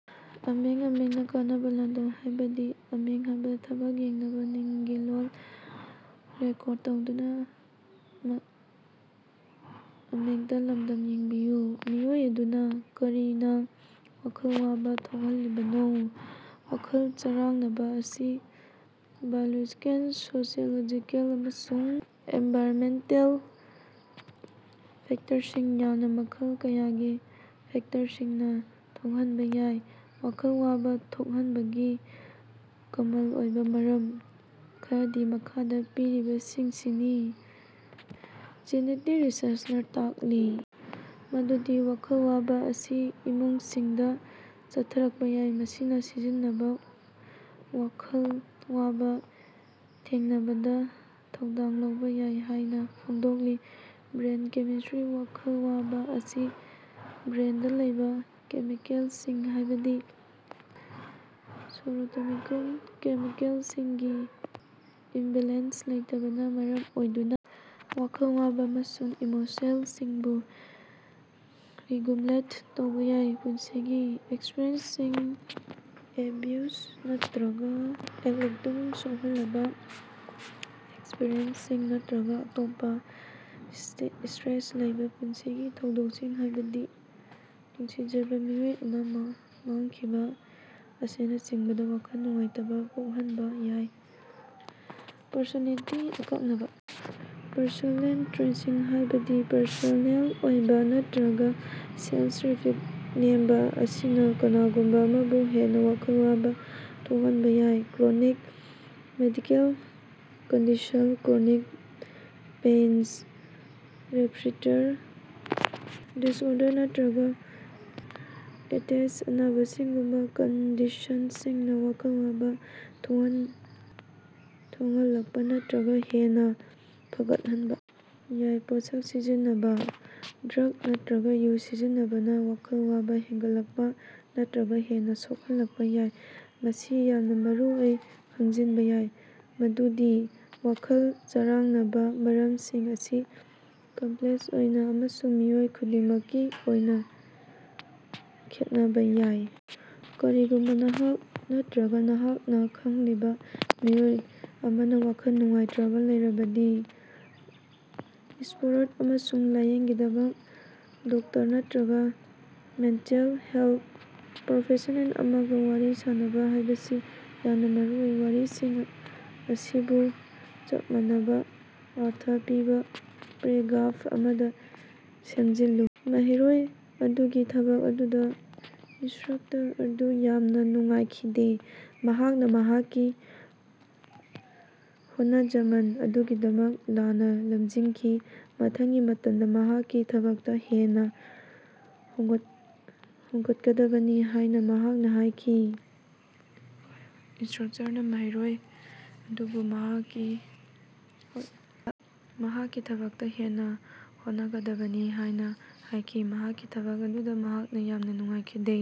ꯃꯤꯑꯣꯏ ꯑꯗꯨꯅ ꯀꯔꯤꯅ ꯋꯥꯈꯜ ꯋꯥꯕ ꯊꯣꯛꯍꯜꯂꯤꯕꯅꯣ? ꯋꯥꯈꯜ ꯆꯔꯥꯡꯅꯕꯥ ꯑꯁꯤ ꯕꯥꯏꯑꯣꯂꯣꯖꯤꯀꯦꯜ, ꯁꯥꯏꯀꯣꯂꯣꯖꯤꯀꯦꯜ ꯑꯃꯁꯨꯡ ꯑꯦꯟꯚꯥꯏꯔꯟꯃꯦꯟꯇꯦꯜ ꯐꯦꯛꯇꯔꯁꯤꯡ ꯌꯥꯎꯅ ꯃꯈꯜ ꯀꯌꯥꯒꯤ ꯐꯦꯛꯇꯔꯁꯤꯡꯅ ꯊꯣꯛꯍꯟꯕ ꯌꯥꯏ꯫ ꯋꯥꯈꯜ ꯋꯥꯕ ꯊꯣꯛꯍꯟꯕꯒꯤ ꯀꯃꯟ ꯑꯣꯏꯕ ꯃꯔꯝ ꯈꯔꯗꯤ ꯃꯈꯥꯗ ꯄꯤꯔꯤꯕꯁꯤꯡꯁꯤꯅꯤ꯫ ꯖꯦꯅꯦꯇꯤꯛꯁ - ꯔꯤꯁꯔꯆꯅꯥ ꯇꯥꯛꯂꯤ ꯃꯗꯨꯗꯤ ꯋꯥꯈꯜ ꯋꯥꯕ ꯑꯁꯤ ꯏꯃꯨꯡꯁꯤꯡꯗ ꯆꯠꯊꯔꯛꯄ ꯌꯥꯏ, ꯃꯁꯤꯅ ꯖꯤꯟꯁꯤꯡꯅ ꯋꯥꯈꯜ ꯋꯥꯕ ꯊꯦꯡꯅꯕꯗ ꯊꯧꯗꯥꯡ ꯂꯧꯕ ꯌꯥꯏ ꯍꯥꯏꯅ ꯐꯣꯡꯗꯣꯛꯂꯤ꯫ ꯕ꯭ꯔꯦꯟ ꯀꯦꯃꯤꯁꯇ꯭ꯔꯤ - ꯋꯥꯈꯜ ꯋꯥꯕ ꯑꯁꯤ ꯕ꯭ꯔꯦꯟꯗ ꯂꯩꯕ ꯀꯦꯃꯤꯀꯦꯜꯁꯤꯡ, ꯍꯥꯏꯕꯗꯤ ꯁꯦꯔꯣꯇꯣꯅꯤꯟꯒꯨꯝꯕ ꯀꯦꯃꯤꯀꯦꯜꯁꯤꯡꯒꯤ ꯏꯝꯕꯦꯂꯦꯟꯁ ꯂꯩꯇꯕꯅꯥ ꯃꯔꯝ ꯑꯣꯏꯗꯨꯅ ꯋꯥꯈꯜ ꯋꯥꯕ ꯑꯃꯁꯨꯡ ꯏꯃꯣꯁꯟꯁꯤꯡꯕꯨ ꯔꯤꯒꯨꯂꯦꯠ ꯇꯧꯕ ꯌꯥꯏ꯫ ꯄꯨꯟꯁꯤꯒꯤ ꯑꯦꯛꯁꯄꯤꯔꯤꯑꯦꯟꯁꯁꯤꯡ - ꯑꯦꯕ꯭ꯌꯨꯖ ꯅꯠꯇꯔꯒ ꯅꯦꯒꯂꯦꯛꯇꯒꯨꯝꯕ ꯁꯣꯛꯍꯜꯂꯕꯥ ꯑꯦꯛꯁꯄꯤꯔꯤꯑꯦꯟꯁꯁꯤꯡ, ꯅꯠꯇꯔꯒ ꯑꯇꯣꯞꯄ ꯁ꯭ꯇꯔꯦꯁ ꯂꯩꯕ ꯄꯨꯟꯁꯤꯒꯤ ꯊꯧꯗꯣꯛꯁꯤꯡ, ꯍꯥꯏꯕꯗꯤ ꯅꯨꯡꯁꯤꯖꯔꯕꯥ ꯃꯤꯑꯣꯏ ꯑꯃ ꯃꯥꯡꯈꯤꯕ ꯑꯁꯤꯅꯆꯤꯡꯕꯅ ꯋꯥꯈꯜ ꯅꯨꯡꯉꯥꯏꯇꯕꯥ ꯄꯣꯛꯍꯟꯕ ꯌꯥꯏ꯫ ꯄꯔꯁꯣꯅꯦꯂꯤꯇꯤ- ꯑꯀꯛꯅꯕꯥ ꯄꯔꯁꯣꯅꯦꯂꯤꯇꯤ ꯇ꯭ꯔꯦꯠꯁꯤꯡ, ꯍꯥꯏꯕꯗꯤ ꯄꯔꯐꯦꯛꯁꯟꯅꯤꯁ꯭ꯠ ꯑꯣꯏꯕ ꯅꯠꯇꯔꯒ ꯁꯦꯜꯐ-ꯏꯁ꯭ꯇꯤꯝ ꯅꯦꯝꯕ ꯑꯁꯤꯅ ꯀꯅꯥꯒꯨꯝꯕ ꯑꯃꯕꯨ ꯍꯦꯟꯅ ꯋꯥꯈꯜ ꯋꯥꯕ ꯊꯣꯛꯍꯟꯕ ꯌꯥꯏ꯫ ꯀ꯭ꯔꯣꯅꯤꯛ ꯃꯦꯗꯤꯀꯦꯜ ꯀꯟꯗꯤꯁꯟꯁꯤꯡ- ꯀ꯭ꯔꯣꯅꯤꯛ ꯄꯦꯏꯟ, ꯔꯦꯁ꯭ꯄꯤꯔꯦꯇꯔꯤ ꯗꯤꯁꯑꯣꯔꯗꯔ, ꯅꯠꯇꯔꯒ ꯑꯇꯦꯏ ꯑꯅꯥꯕꯁꯤꯡꯒꯨꯝꯕ ꯀꯟꯗꯤꯁꯟꯁꯤꯡꯅ ꯋꯥꯈꯜ ꯋꯥꯕ ꯊꯣꯛꯍꯜꯂꯛꯄ ꯅꯠꯇꯔꯒ ꯍꯦꯟꯅ ꯐꯒꯠꯍꯟꯕ ꯌꯥꯏ꯫ ꯄꯣꯠꯁꯛ ꯁꯤꯖꯤꯟꯅꯕ - ꯗ꯭ꯔꯒ ꯅꯠꯇꯔꯒ ꯌꯨ ꯁꯤꯖꯤꯟꯅꯕꯅꯥ ꯋꯥꯈꯜ ꯋꯥꯕ ꯍꯦꯟꯒꯠꯂꯛꯄ ꯅꯠꯇꯔꯒ ꯍꯦꯟꯅ ꯁꯣꯛꯍꯜꯂꯛꯄ ꯌꯥꯏ꯫ ꯃꯁꯤ ꯌꯥꯝꯅ ꯃꯔꯨꯑꯣꯏꯅ ꯈꯪꯖꯤꯟꯕ ꯌꯥꯏ ꯃꯗꯨꯗꯤ ꯋꯥꯈꯜ ꯆꯔꯥꯡꯅꯕꯥ ꯃꯔꯝꯁꯤꯡ ꯑꯁꯤ ꯀꯝꯄ꯭ꯂꯦꯛꯁ ꯑꯣꯏ ꯑꯃꯁꯨꯡ ꯃꯤꯑꯣꯏ ꯈꯨꯗꯤꯡꯃꯛꯀꯤ ꯑꯣꯏꯅ ꯈꯦꯠꯅꯕ ꯌꯥꯏ꯫ ꯀꯔꯤꯒꯨꯝꯕ ꯅꯍꯥꯛ ꯅꯠꯇꯔꯒ ꯅꯍꯥꯛꯅ ꯈꯪꯂꯤꯕ ꯃꯤꯑꯣꯏ ꯑꯃꯅ ꯋꯥꯈꯜ ꯅꯨꯡꯉꯥꯏꯇꯕꯥ ꯂꯩꯔꯕꯗꯤ, ꯁꯄꯣꯔꯠ ꯑꯃꯁꯨꯡ ꯂꯥꯏꯌꯦꯡꯒꯤꯗꯃꯛ ꯗꯣꯛꯇꯔ ꯅꯠꯇꯔꯒ ꯃꯦꯟꯇꯦꯜ ꯍꯦꯜꯊ ꯄ꯭ꯔꯣꯐꯦꯁꯅꯦꯜ ꯑꯃꯒ ꯋꯥꯔꯤ ꯁꯥꯅꯕ ꯍꯥꯏꯕꯁꯤ ꯌꯥꯝꯅ ꯃꯔꯨꯑꯣꯏ꯫ ꯋꯥꯍꯩꯁꯤꯡ ꯑꯁꯤꯕꯨ ꯆꯞ ꯃꯥꯟꯅꯕꯥ ꯑꯔꯊ ꯄꯤꯕ ꯄꯦꯔꯥꯒ꯭ꯔꯥꯐ ꯑꯃꯗ ꯁꯦꯝꯖꯤꯜꯂꯨ꯫ ꯃꯍꯩꯔꯣꯏ ꯑꯗꯨꯒꯤ ꯊꯕꯛ ꯑꯗꯨꯗ ꯏꯟꯁꯇ꯭ꯔꯛꯇꯔ ꯑꯗꯨ ꯌꯥꯝꯅ ꯅꯨꯡꯉꯥꯏꯈꯤꯗꯦ꯫ ꯃꯍꯥꯛꯅ ꯃꯍꯥꯛꯀꯤ ꯍꯣꯠꯅꯖꯃꯜ ꯑꯗꯨꯒꯤꯗꯃꯛ ꯂꯥꯟꯅ ꯂꯝꯖꯤꯡꯈꯤ꯫ ꯃꯊꯪꯒꯤ ꯃꯇꯝꯗ ꯃꯍꯥꯛꯀꯤ ꯊꯕꯛꯇ ꯍꯦꯟꯅ ꯍꯣꯠꯅꯒꯗꯕꯅꯤ ꯍꯥꯏꯅ ꯃꯍꯥꯛꯅ ꯍꯥꯏꯈꯤ꯫ ꯏꯟꯁꯇ‍꯭ꯔꯛꯇꯔꯅꯥ ꯃꯍꯩꯔꯣꯏ ꯑꯗꯨꯕꯨ ꯃꯍꯥꯛꯀꯤ ꯍꯣꯠꯅꯖꯃꯜ ꯑꯗꯨꯒꯤꯗꯃꯛ ꯂꯥꯟꯅ ꯂꯝꯖꯤꯡꯈꯤ, ꯃꯊꯪꯒꯤ ꯃꯇꯝꯗ ꯃꯍꯥꯛꯀꯤ ꯊꯕꯛꯇ ꯍꯦꯟꯅ ꯍꯣꯠꯅꯒꯗꯕꯅꯤ ꯍꯥꯏꯅ ꯍꯥꯏꯈꯤ꯫ ꯃꯍꯥꯛꯀꯤ ꯊꯕꯛ ꯑꯗꯨꯗ ꯃꯍꯥꯛ ꯌꯥꯝꯅ ꯅꯨꯡꯉꯥꯏꯈꯤꯗꯦ꯫